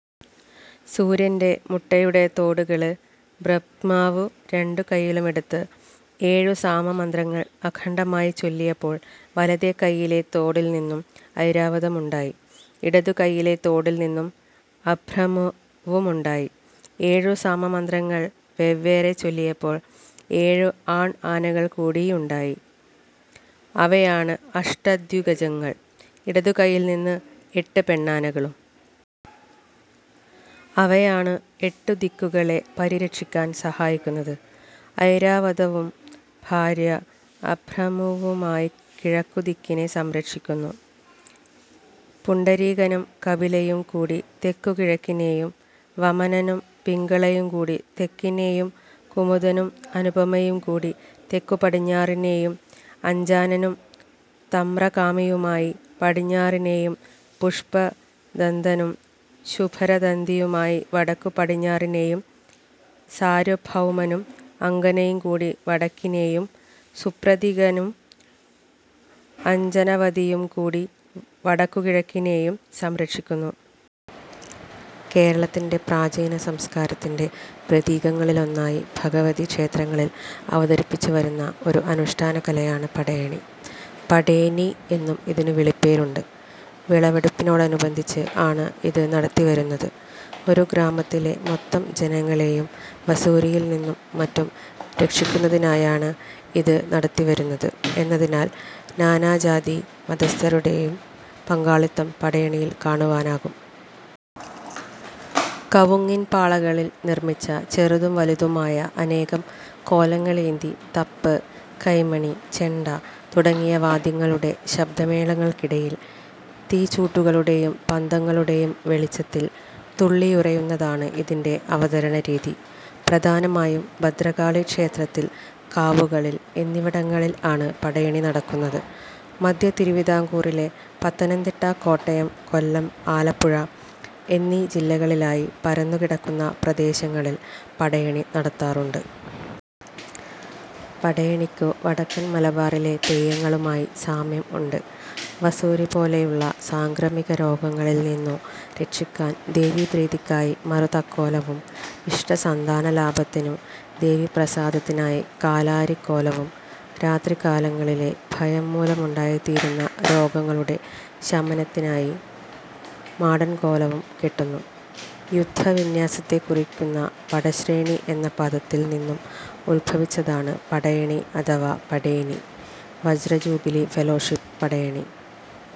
സൂര്യന്റെ മുട്ടയുടെ തോടുകള് ബ്രപ്മാവു രണ്ടു കൈയിലുമെടുത്ത് ഏഴു സാമ മന്ത്രങ്ങൾ അഖണ്ഡമായി ചൊല്ലിയപ്പോൾ വലതെ കൈയിലെ തോടിൽ നിന്നും ഐരാവതം ഉണ്ടായി. ഇടതുകൈയിലെ തോടിൽ നിന്നും അഭ്രമുവുമുണ്ടായി. ഏഴുസാമമന്ത്രങ്ങൾ വെവ്വേറെ ചൊല്ലിയപ്പോൾ ഏഴു ആൺ ആനകൾ കൂടിയുണ്ടായി. അവയാണ് അഷ്ടദ്വിഗജങ്ങൾ. ഇടതുകൈയിൽ നിന്ന് എട്ട് പെണ്ണാനകളും. അവയാണ് എട്ടുദിക്കുകളെ പരിരക്ഷിക്കാൻ സഹായിക്കുന്നത്. ഐരാവതവും ഭാര്യ അഭ്രമുവുമായി കിഴക്കു ദിക്കിനെ സംരക്ഷിക്കുന്നു. പുണ്ഡരീകനും കപിലയും കൂടി തെക്കു-കിഴക്കിനേയും വമനനും പിംഗളയും കൂടി തെക്കിനേയും കുമുദനും അനുപമയും കൂടി തെക്കു-പടിഞ്ഞാറിനേയും അഞ്ചാനനും തംമ്രകാമിയുമായി പടിഞ്ഞാറിനേയും പുഷ്പ ദന്ദനും ശുഭരദന്ദിയുമായി വടക്കു-പടിഞ്ഞാറിനേയും സാര്വഭൌമനും അംഗനയും കൂടി വടക്കിനേയും സുപ്രധികനും അഞജനവതിയും കൂടീ വടക്കുകിഴക്കിനേയും സംരക്ഷിക്കുന്നു. കേരളത്തിന്റെ പ്രാചീന സംസ്കാരത്തിന്റെ പ്രതീകങ്ങളിലൊന്നായി ഭഗവതി ക്ഷേത്രങ്ങളിൽ അവതരിപ്പിച്ചുവരുന്ന ഒരു അനുഷ്ഠാനകലയാണ് പടയണി. പടേനി എന്നും ഇതിനു വിളിപ്പേരുണ്ട്.. വിളവെടുപ്പിനോടനുബന്ധിച്ച് ആണ് ഇത് നടത്തിവരുന്നത്. ഒരു ഗ്രാമത്തിലെ മൊത്തം ജനങ്ങളെയും വസൂരിയിൽ നിന്നും മറ്റും രക്ഷിക്കുന്നതിനായാണ് ഇത് നടത്തിവരുന്നത് എന്നതിനാൽ നാനാജാതിമതസ്ഥരുടേയും പങ്കാളിത്തം പടയണിയിൽ കാണുവാനാകും. കവുങ്ങിൻപാളകളിൽ നിർമ്മിച്ച ചെറുതും വലുതുമായ അനേകം കോലങ്ങളേന്തി തപ്പ്, കൈമണി, ചെണ്ട തുടങ്ങിയ വാദ്യങ്ങളുടെ ശബ്ദമേളങ്ങൾക്കിടയിൽ തീച്ചൂട്ടുകളുടേയും പന്തങ്ങളുടേയും വെളിച്ചത്തിൽ തുള്ളിയുറയുന്നതാണ് ഇതിന്റെ അവതരണരീതി. പ്രധാനമായും ഭദ്രകാളി ക്ഷേത്രത്തിൽ, കാവുകളിൽ എന്നിവിടങ്ങളിൽ ആണ് പടയണി നടക്കുന്നത്. മധ്യ തിരുവിതാംകൂറിലെ പത്തനംതിട്ട, കോട്ടയം, കൊല്ലം, ആലപ്പുഴ എന്നീ ജില്ലകളിലായി പരന്നുകിടക്കുന്ന പ്രദേശങ്ങളിൽ പടയണി നടത്താറുണ്ട്. പടയണിക്കു വടക്കൻ മലബാറിലെ തെയ്യങ്ങളുമായി സാമ്യം ഉണ്ട്. വസൂരിപോലെയുള്ള സാംക്രമികരോഗങ്ങളിൽ നിന്നു രക്ഷിക്കാൻ ദേവീപ്രീതിക്കായി മറുതക്കോലവും ഇഷ്ടസന്താനലാഭത്തിനു ദേവീപ്രസാദത്തിനായി കാലാരിക്കോലവും രാത്രികാലങ്ങളിലെ ഭയംമൂലമുണ്ടായിത്തീരുന്ന രോഗങ്ങളുടെ ശമനത്തിനായി മാടൻകോലവും കെട്ടുന്നു. യുദ്ധവിന്യാസത്തെക്കുറിയ്ക്കുന്ന പടശ്രേണി എന്ന പദത്തിൽ നിന്നും ഉത്ഭവിച്ചതാണ് പടയണി അഥവാ പടേനി. വജ്രജൂബിലി ഫെലോഷിപ്പ് പടയണി